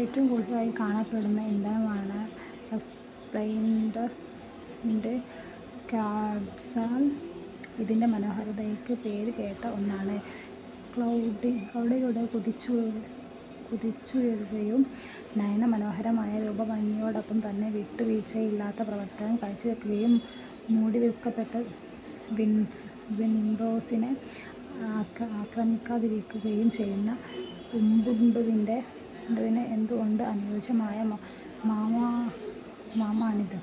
ഏറ്റവും കൂടുതലായി കാണപ്പെടുന്ന ഇനമായ റെസ്പ്ലെൻഡൻ്റ് ക്വട്സാൽ അതിൻ്റെ മനോഹാരിതക്ക് പേര് കേട്ട ഒന്നാണ്. ക്ലൗഡിലൂടെ കുതിച്ചുയരുകയും നയന മനോഹരമായ രൂപഭംഗിയോടൊപ്പം തന്നെ വിട്ടുവീഴ്ചയില്ലാത്ത പ്രവർത്തനം കാഴ്ചവെക്കുകയും മൂടിവെക്കപ്പെട്ട വിൻഡോസിനെ ആക്രമിക്കാതിരിക്കുകയും ചെയ്യുന്ന ഉബുണ്ടുവിന് എന്തുകൊണ്ടും അനുയോജ്യമായ നാമമാണിത്.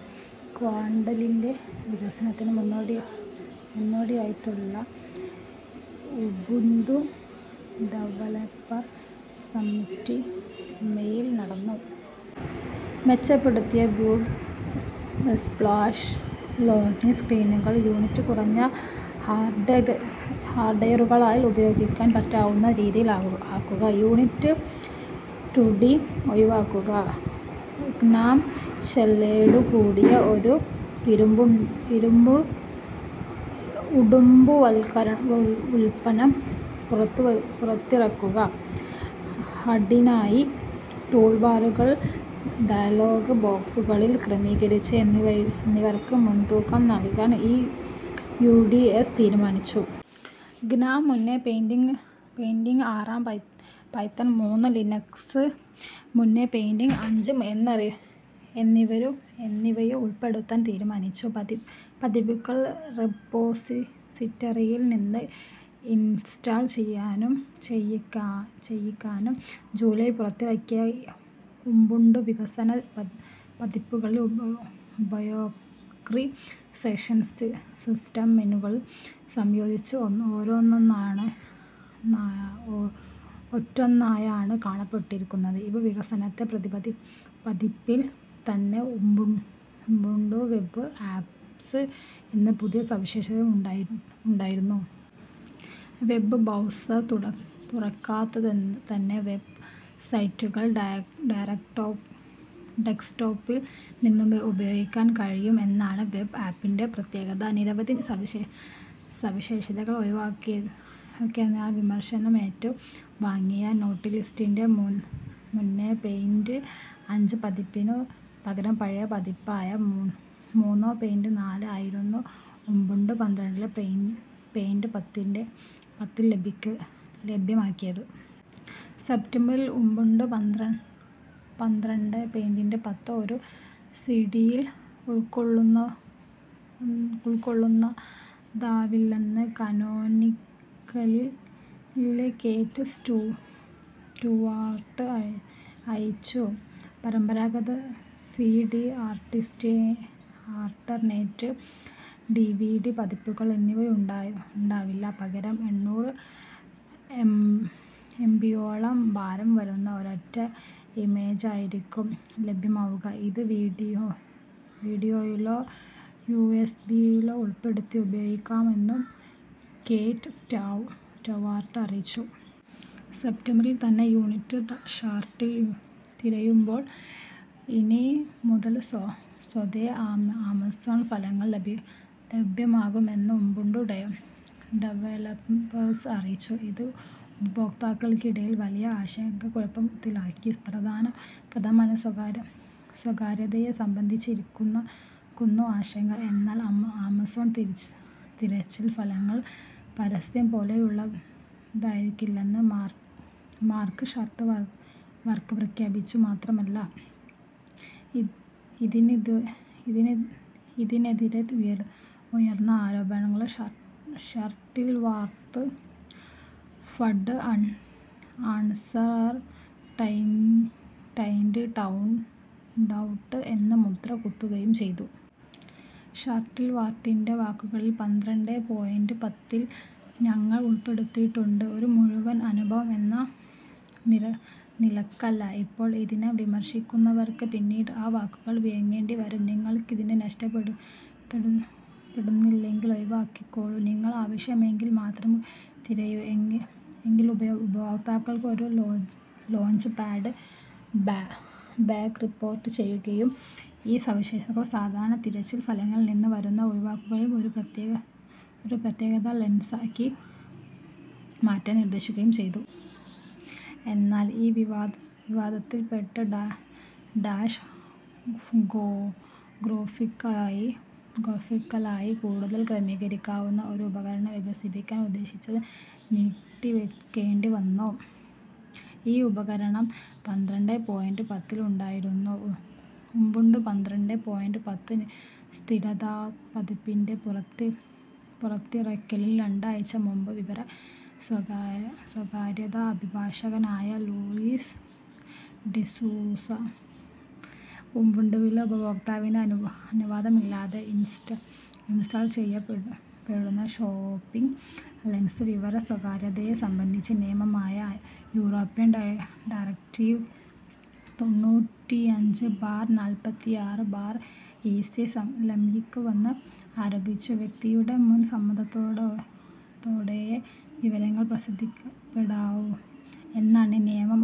ക്വാണ്ടലിൻ്റെ വികസനത്തിൻ്റെ മുന്നോടിയായുള്ള ഉബുണ്ടു ഡെവലപ്പർ സമ്മിറ്റ് മെയിൽ നടന്നു. മെച്ചപ്പെടുത്തിയ ബൂട്ട് സ്പ്ലാഷ് ലോഗിൻ സ്ക്രീനുകൾ, യൂണിറ്റി കുറഞ്ഞ ഹാർഡ്വെയറുകളാൽ ഉപയോഗിക്കാൻ പറ്റാവുന്ന രീതിയിലാക്കുക, യൂണിറ്റി റ്റുഡി ഒഴിവാക്കുക, ഗ്നോം ഷെല്ലോടു കൂടിയ ഒരു ഉബുണ്ടുവുൽപന്നം പുറത്തിറക്കുക, ഹഡിനായി ടൂൾബാറുകളും ഡയലോഗ് ബോക്സുകളും ക്രമീകരിക്കുക എന്നിവക്ക് മുൻതൂക്കം നൽകാൻ ഈ യു. ഡി. എസ് തീരുമാനിച്ചു. ഗ്നോം മൂന്നേ പോയിൻ്റ് ആറ്, പൈത്തൺ മൂന്ന്, ലിനക്സ് മൂന്നേ പോയിൻ്റ് അഞ്ച് എന്നിവയും ഉൾപ്പെടുത്താൻ തീരുമാനിച്ചു. പതിപ്പുകൾ റെപ്പോസിറ്ററിയിൽ നിന്ന് ഇൻസ്റ്റാൾ ചെയ്യാനാകും. ജൂലൈയിൽ പുറത്തിറങ്ങിയ ഉബുണ്ടു വികസന പതിപ്പുകളിൽ ഉപയോക്തൃ സെഷൻ സിസ്റ്റം മെനുകൾ സംയോജിച്ച് ഒറ്റൊന്നായാണ് കാണപ്പെട്ടിരുന്നത്. ഈ വികസന പതിപ്പിൽ തന്നെ കൊമ്പും ഉബുണ്ടു വെബ് ആപ്സ് എന്ന പുതിയ സവിശേഷതയും ഉണ്ടായിരുന്നു. വെബ് ബ്രൗസർ തുറക്കാതെത്തന്നെ വെബ് സൈറ്റുകൾ ഡെസ്ക്ടോപ്പിൽ നിന്ന് ഉപയോഗിക്കാൻ കഴിയും എന്നതാണ് വെബ് ആപ്സിൻ്റെ പ്രത്യേകത. നിരവധി സവിശേഷതകൾ ഒഴിവാക്കിയതിനാൽ വിമർശനമേറ്റു വാങ്ങിയ നോട്ടിലസിൻ്റെ മൂന്നേ പോയിൻ്റ് അഞ്ച് പതിപ്പിനു പകരം പഴയ പതിപ്പായ മൂന്നേ പോയിൻ്റ് നാല് ആയിരുന്നു ഉബുണ്ടു പന്ത്രണ്ടേ പോയിൻ്റ് പത്തിൽ ലഭ്യമാക്കിയത്. സെപ്റ്റംബറിൽ ഉബുണ്ടു പന്ത്രണ്ടേ പോയിൻ്റ് പത്ത് ഒരു സിഡിയിൽ ഉൾക്കൊള്ളുന്നതാവില്ലെന്ന് കാനോനിക്കലിലെ കേറ്റ് സ്റ്റുവാർട്ട് അറിയിച്ചു. പരമ്പരാഗതമായ സിഡി, അൾട്ടർനേറ്റ്, ഡിവിഡി പതിപ്പുകൾ ഇനിയുണ്ടാവില്ല. പകരം എണ്ണൂറ് എംബിയോളം ഭാരം വരുന്ന ഒരൊറ്റ ഇമേജായിരിക്കും ലഭ്യമാവുക. ഇത് ഡിവിഡിയിലോ യുഎസ്ബിയിലോ ഉൾപ്പെടുത്തി ഉപയോഗിക്കാമെന്നും കേറ്റ് സ്റ്റുവാർട്ട് അറിയിച്ചു. സെപ്റ്റംബറിൽ തന്നെ യൂണിറ്റി ഡാഷിൽ തിരയുമ്പോൾ ഇനി മുതൽ സ്വതേ ആമസോൺ ഫലങ്ങളും ലഭ്യമാകുമെന്ന് ഉബുണ്ടു ഡെവലപ്പേഴ്സ് അറിയിച്ചു. ഇത് ഉപയോക്താക്കൾക്കിടയിൽ വലിയ ആശയക്കുഴപ്പത്തിനിടയാക്കി. പ്രധാനമായും സ്വകാര്യതയെ സംബന്ധിച്ചായിരുന്നു ആശങ്ക. എന്നാൽ ആമസോൺ തിരച്ചിൽ ഫലങ്ങൾ പരസ്യം പോലെയുള്ളതായിരിക്കല്ലെന്ന് മാർക്ക് ഷട്ടിൽവർത്ത് പ്രഖ്യാപിച്ചു. മാത്രമല്ല, ഇതിനെതിരെ ഉയർന്ന ആരോപണങ്ങളെ ഷട്ടിൽവർത്ത് ഫഡ്, അൺസേർടൈൻ്റി, ഡൗട്ട് എന്ന് മുദ്ര കുത്തുകയും ചെയ്തു. ഷട്ടിൽവർത്തിൻ്റെ വാക്കുകളിൽ "പന്ത്രണ്ടേ പോയിൻ്റ് പത്തിൽ ഞങ്ങൾ ഉൾപ്പെടുത്തിയിട്ടുള്ളത് ഒരു മുഴുവൻ അനുഭവം എന്ന നിലക്കല്ല, ഇപ്പോൾ ഇതിനെ വിമർശിക്കുന്നവർക്ക് പിന്നീട് ആ വാക്കുകൾ വിഴുങ്ങേണ്ടി വരും. നിങ്ങൾക്കിത് ഇഷ്ടപ്പെടുന്നില്ലെങ്കിൽ ഒഴിവാക്കിക്കോളൂ, നിങ്ങൾക്കാവശ്യമുള്ളത് മാത്രം തിരയൂ." എങ്കിലും ഉപയോക്താക്കൾ ഒരു ലോഞ്ച്പാഡ് ബഗ് റിപ്പോട്ട് ചെയ്യുകയും, ഈ സവിശേഷത സാധാരണ തിരച്ചിൽ ഫലങ്ങളിൽ നിന്ന് വരുന്നത് ഒഴിവാക്കുകയും ഒരു പ്രത്യേക ലെൻസാക്കി മാറ്റാൻ നിർദ്ദേശിക്കുകയും ചെയ്തു. എന്നാൽ ഈ വിവാദത്തിൽപ്പെട്ട് ഡാഷ് ഗ്രാഫിക്കലായി കൂടുതൽ ക്രമീകരിക്കാവുന്ന ഒരു ഉപകരണം വികസിപ്പിക്കാൻ ഉദ്ദേശിച്ചിരുന്നത് നീട്ടിവെക്കേണ്ടി വന്നു. ഈ ഉപകരണം പന്ത്രണ്ടേ പോയിൻ്റ് പത്തിൽ ഉണ്ടായിരുന്നില്ല. ഉബുണ്ടു പന്ത്രണ്ടേ പോയിൻ്റ് പത്ത് സ്ഥിരതാ പതിപ്പിൻ്റെ പുറത്തിറക്കലിന് രണ്ടാഴ്ച മുമ്പ്, വിവര സ്വകാര്യതാ അഭിഭാഷകനായ ലൂയിസ് ഡിസൂസ ഉബുണ്ടുവിലെ ഉപയോക്താവിൻ്റെ അനുവാദമില്ലാതെ ഇൻസ്റ്റാൾ ചെയ്യപ്പെടുന്ന ഷോപ്പിംഗ് ലെൻസ് വിവര സ്വകാര്യതയെ സംബന്ധിച്ച നിയമമായ യൂറോപ്യൻ ഡയറക്റ്റീവ് തൊണ്ണൂറ്റിഅഞ്ച് ബാർ നാല്പത്തിആറ് ബാർ ഈസി ലംഘിക്കുന്നുവെന്ന് ആരോപിച്ചു. വ്യക്തിയുടെ മുഴുവൻ സമ്മതത്തോടെയേ വിവരങ്ങൾ പ്രസിദ്ധപ്പെടുത്താവൂ എന്നാണീ നിയമം അനുശാസിക്കുന്നത്.